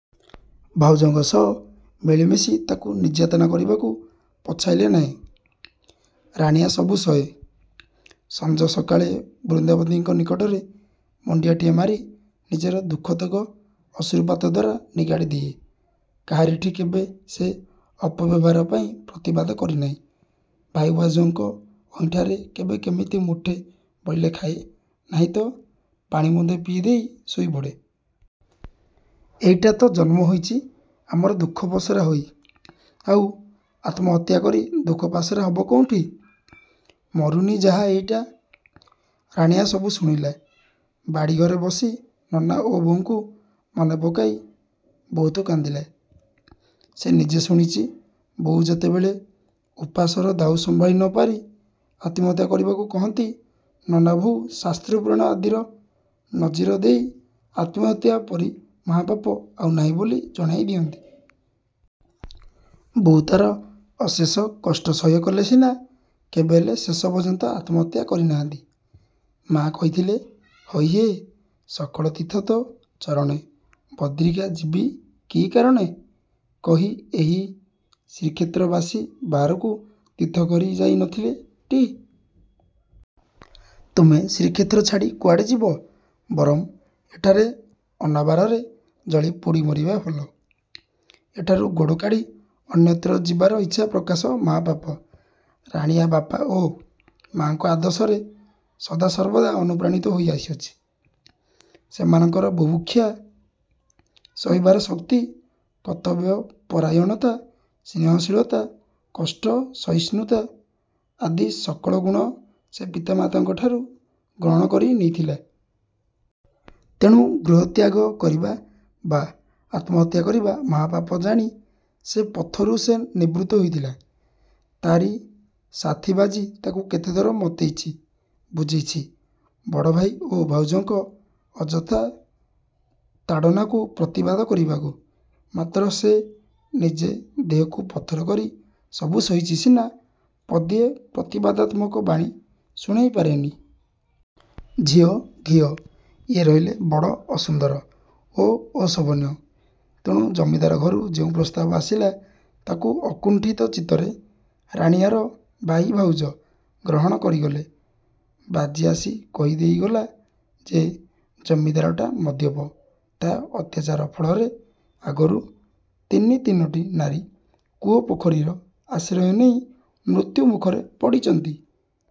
ଭାଉଜଙ୍କ ସହ ମିଳିମିଶି ତାକୁ ନିର୍ଯ୍ୟାତିତ କରିବାକୁ ପଛାଇଲେ ନାହିଁ। ରାଣୀଆ ସବୁ ସହେ। ସଞ୍ଜ ସକାଳେ ବୃନ୍ଦାବତୀଙ୍କ ନିକଟରେ ମୁଣ୍ଡିଆଟିଏ ମାରି ନିଜର ଦୁଃଖତକ ଅଶ୍ରୁପାତ ଦ୍ୱାରା ନିଗାଡ଼ି ଦିଏ। କାହାରିଠି କେବେ ସେ ଅପବ୍ୟବହାର ପାଇଁ ପ୍ରତିବାଦ କରିନାହିଁ। ଭାଇ ଭାଉଜଙ୍କ ଅଇଁଠାରେ କେବେ କେମିତି ମୁଠେ ବଳିଲେ ଖାଏ, ନାହିଁ ତ ପାଣି ମୁନ୍ଦେ ପିଇ ଦେଇ ଶୋଇପଡ଼େ। ଏଇଟା ତ ଜନ୍ମ ହୋଇଚି ଆମର ଦୁଃଖ ପସରା ହୋଇ, ଆଉ ଆତ୍ମହତ୍ୟା କରି ଦୁଃଖ ପାଶୋରା ହବ କେଉଁଠି? ମରୁନି ଯାହା ଏଇଟା। ରାଣୀଆ ସବୁ ଶୁଣିଲା। ବାଡ଼ି ଘରେ ବସି ନନା ଓ ବୋଉଙ୍କୁ ମନେ ପକାଇ ବହୁତ କାନ୍ଦିଲା। ସେ ନିଜେ ଶୁଣିଚି, ବୋଉ ଯେତେବେଳେ ଉପାସର ଦାଉ ସମ୍ଭାଳି ନ ପାରି ଆତ୍ମହତ୍ୟା କରିବାକୁ କହନ୍ତି, ନନା ବହୁ ଶାସ୍ତ୍ର ପୁରାଣ ଆଦିର ନଜିର ଦେଇ ଆତ୍ମହତ୍ୟା ପରି ମହାପାପ ଆଉ ନାହିଁ ବୋଲି ଜଣାଇ ଦିଅନ୍ତି। ବୋଉ ତାର ଅଶେଷ କଷ୍ଟ ସହ୍ୟ କଲେ ସିନା; କେବେହେଲେ ଶେଷ ପର୍ଯ୍ୟନ୍ତ ଆତ୍ମହତ୍ୟା କରି ନାହାନ୍ତି। ମା' କହିଥିଲେ, ହଇହେ 'ସକଳ ତୀର୍ଥ ତୋ ଚରଣେ, ବଦ୍ରିକା ଯିବି କି କାରଣେ' କହି ଏହି ଶ୍ରୀକ୍ଷେତ୍ରବାସୀ ବାହାରକୁ ତୀର୍ଥ କରି ଯାଇ ନ ଥିଲେ ଟି? ତୁମେ ଶ୍ରୀକ୍ଷେତ୍ର ଛାଡ଼ି କୁଆଡ଼େ ଯିବ? ବରଂ ଏଠାରେ ଅନାବାରରେ ଜଳି ପୋଡ଼ି ମରିବା ଭଲ, ଏଠାରୁ ଗୋଡ଼ କାଢ଼ି ଅନ୍ୟତ୍ର ଯିବାର ଇଚ୍ଛା ପ୍ରକାଶ, ମହାପାପ। ରାଣୀଆ ବାପା ଓ ମାଙ୍କ ଆଦର୍ଶରେ ସଦାସର୍ବଦା ଅନୁପ୍ରାଣିତ ହୋଇ ଆସିଅଛି। ସେମାନଙ୍କର ବୁଭୁକ୍ଷା ସହିବାର ଶକ୍ତି, କର୍ତ୍ତବ୍ୟପରାୟଣତା, ସ୍ନେହଶୀଳତା, କଷ୍ଟ ସହିଷ୍ଣୁତା ଆଦି ସକଳ ଗୁଣ ସେ ପିତାମାତାଙ୍କଠୁ ଗ୍ରହଣ କରି ନେଇଥିଲା। ତେଣୁ ଗୃହତ୍ୟାଗ କରିବା ବା ଆତ୍ମହତ୍ୟା କରିବା ମହାପାପ ଜାଣି ସେ ପଥରୁ ସେ ନିବୃତ୍ତ ହୋଇଥିଲା। ତାରି ସାଥୀ ବାଜି ତାକୁ କେତେଥର ମତେଇଚି, ବୁଝେଇଚି, ବଡ଼ଭାଇ ଓ ଭାଉଜଙ୍କ ଅଯଥା ତାଡ଼ନାକୁ ପ୍ରତିବାଦ କରିବାକୁ-। ମାତ୍ର ସେ ନିଜେ ଦେହକୁ ପଥର କରି ସବୁ ସହିଚି ସିନା ପଦିଏ ପ୍ରତିବାଦାତ୍ମକ ବାଣୀ ଶୁଣାଇ ପାରେନି। ଝିଅ, ଘିଅ-ଇଏ ରହିଲେ ବଡ଼ ଅସୁନ୍ଦର ଓ ଅଶୋଭନୀୟ, ତେଣୁ ଜମିଦାର ଘରୁ ଯେଉଁ ପ୍ରସ୍ତାବ ଆସିଲା, ତାକୁ ଅକୁଣ୍ଠିତ ଚିତ୍ତରେ ରାଣୀଆର ଭାଇ ଭାଉଜ ଗ୍ରହଣ କରିଗଲେ। ବାଜି ଆସି କହି ଦେଇଗଲା ଯେ, ଜମିଦାରଟା ମଦ୍ୟପ। ତା ଅତ୍ୟାଚାର ଫଳରେ ଆଗରୁ ତିନି ତିନୋଟି ନାରୀ କୂଅ ପୋଖରୀର ଆଶ୍ରୟ ନେଇ ମୃତ୍ୟୁ ମୁଖରେ ପଡ଼ିଚନ୍ତି।